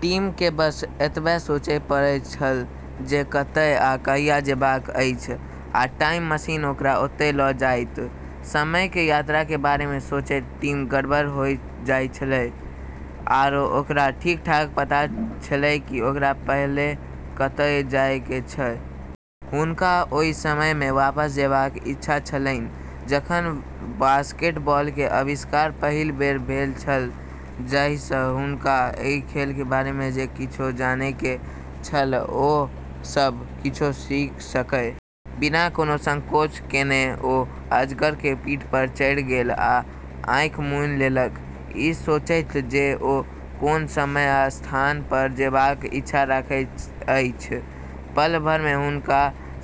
टिम के बस एतबे सोचय पड़ैत छल जे कतय आ कहिया जेबाक अछि, आ टाइम मशीन ओकरा ओतय ल' जायत। समय के यात्रा के बारे में सोचतें टिम गदगद होय जाय छेलै, आरो ओकरा ठीक-ठीक पता छेलै कि ओकरा पहलें कतय जाय के छै। हुनका ओहि समय मे वापस जेबाक इच्छा छलनि जखन बास्केटबॉल के आविष्कार पहिल बेर भेल छल, जाहि सं हुनका एहि खेल के बारे मे जे किछु जानय के छल ओ सब किछु सीख सकय। बिना कोनो संकोच केने ओ अजगर के पीठ पर चढ़ि गेल आ आँखि मुनि लेलक, ई सोचैत जे ओ कोन समय आ स्थान पर जेबाक इच्छा रखैत अछि। पल भर में हुनका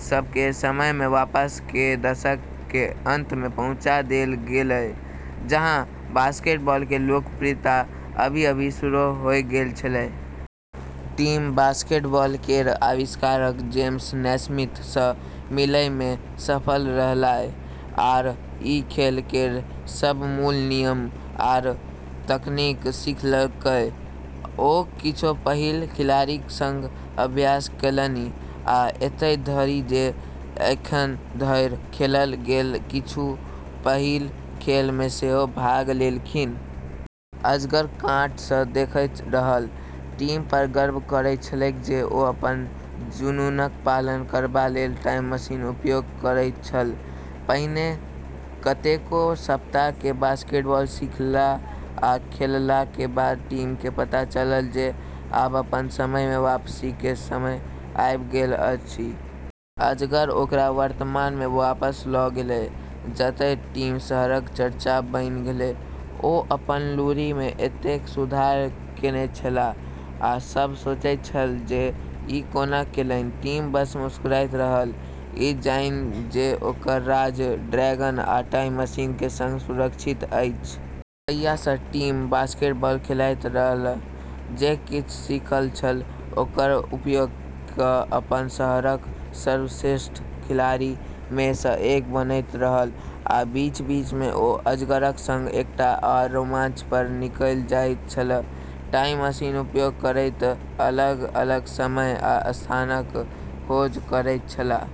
सब के समय में वापस, के दशक के अंत में पहुंचा देल गेलै, जहां बास्केटबॉल के लोकप्रियता अभी-अभी शुरू होय गेल छेलै। टिम बास्केटबॉल केर आविष्कारक जेम्स नैस्मिथ स मिलै मे सफल रहलै आरू ई खेल केर सब मूल नियम आरू तकनीक सीखलकै। ओ किछु पहिल खिलाड़ीक संग अभ्यास केलनि आ एतय धरि जे एखन धरि खेलल गेल किछु पहिल खेल मे सेहो भाग लेलनि। अजगर कात सॅ देखैत रहल, टिम पर गर्व करैत छलैक जे ओ अपन जुनूनक पालन करबा लेल टाइम मशीनक उपयोग करैत छल। पहिने कतेको सप्ताह के बास्केटबॉल सीखला आ खेलला के बाद टिम के पता चलल जे आब अपन समय में वापसी के समय आबि गेल अछि। अजगर ओकरा वर्तमान मे वापस ल' गेलै, जतय टिम शहरक चर्चा बनि गेलै। ओ अपन लूरि मे एतेक सुधार केने छलाह, आ सभ सोचैत छल जे ई कोना केलनि। टिम बस मुस्कुराइत रहल, ई जानि जे ओकर राज ड्रैगन आ टाइम मशीन के संग सुरक्षित अछि। तहिया सँ टिम बास्केटबॉल खेलैत रहल, जे किछु सीखल छल ओकर उपयोग क' अपन शहरक सर्वश्रेष्ठ खिलाड़ी मे सँ एक बनैत रहल। आ बीच-बीच मे ओ अजगरक संग एकटा आओर रोमांच पर निकलि जाइत छलाह, टाइम मशीनक उपयोग करैत अलग-अलग समय आ स्थानक खोज करैत छलाह।